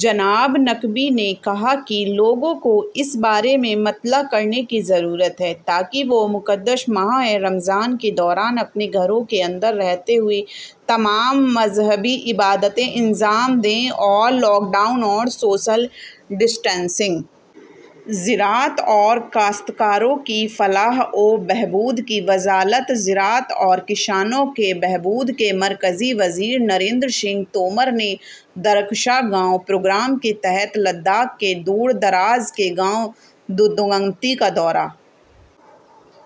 جناب نقوی نے کہا کہ لوگوں کو اِس بارے میں مطلع کرنے کی ضرورت ہے تاکہ وہ مقدس ماہ رمضان کے دوران اپنے گھروں کے اندر رہتے ہوئے تمام مذہبی عبادتیں انجام دیں اور لاک ڈاؤن اور سوشل ڈسٹینسنگ. زراعت اور کاشتکاروں کی فلاح و بہبود کی وزارت زراعت اورکسانوں کے بہبود کے مرکزی وزیر نریندرسنگھ تومر نے درخشاں گاؤں پروگرام کے تحت لداخ کے دور دراز کے گاؤں دنگتی کا دورہ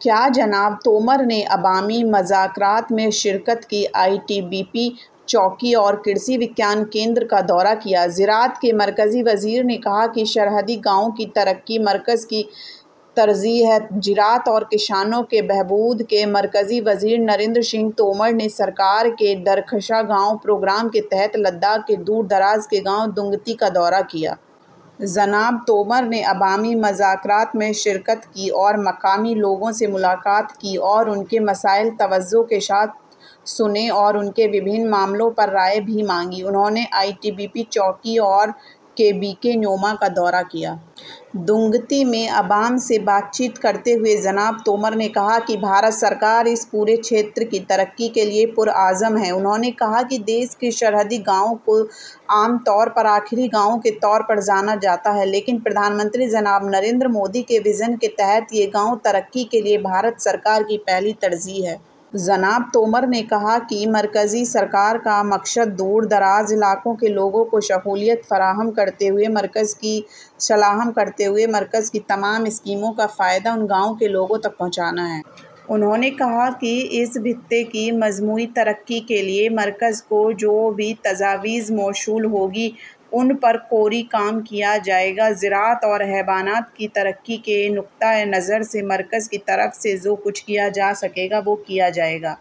کیا جناب تومر نے عوامی مذاکرات میں شرکت کی ، آئی ٹی بی پی چوکی اورکرشی وگیان کیندر کا دورہ کیا زراعت کے مرکزی وزیر نے کہاکہ سرحدی گاؤں کی ترقی مرکز کی ترجیح ہے زراعت اورکسانوں کے بہبود کے مرکزی وزیر نریندرسنگھ تومر نے حکومت کے درخشاں گاؤں پروگرام کے تحت لداخ کے دور دراز کے گاؤں دنگتی کا دورہ کیا۔ جناب تومر نے عوامی مذاکرات میں شرکت کی اور مقامی لوگوں سے ملاقات کی اوران کے مسائل توجہ کے ساتھ سنے اوران سے مختلف معاملات پر رائے بھی مانگی۔ انہوں نے آئی ٹی بی پی چوکی اور کے وی کے نیوما کا دورہ کیا۔ ڈنگتی میں عوام سے بات چیت کرتے ہوئے جناب تومر نے کہا کہ حکومت ہند اس پورے خطے کی ترقی کے لیے پرعزم ہے۔ انہوں نے کہا کہ ملک کے سرحدی گاؤں کو عام طور پر آخری گاؤں کے طور پر جانا جاتا ہے، لیکن وزیر اعظم جناب نریندر مودی کے وژن کے تحت یہ گاؤں ترقی کے لیے حکومت ہند کی پہلی ترجیح ہیں۔ جناب تومر نے کہا کہ مرکزی حکومت کا مقصد دور دراز علاقوں کے لوگوں کو سہولیات فراہم کرتے ہوئے مرکز کی تمام اسکیموں کا فائدہ ا ن گا ؤو ں کے لوگوں تک پہنچانا ہے۔ انہوں نے کہا کہ اس خطہ کی مجموعی ترقی کے لیے مرکز کو جو بھی تجاویز موصول ہوں گی، ان پر فوری کام کیا جائے گا اور زراعت اور حیوانات کی ترقی کے نقطہ نظر سے مرکز کی طرف سے جو کچھ کیا جا سکے گا، وہ کیا جائے گا۔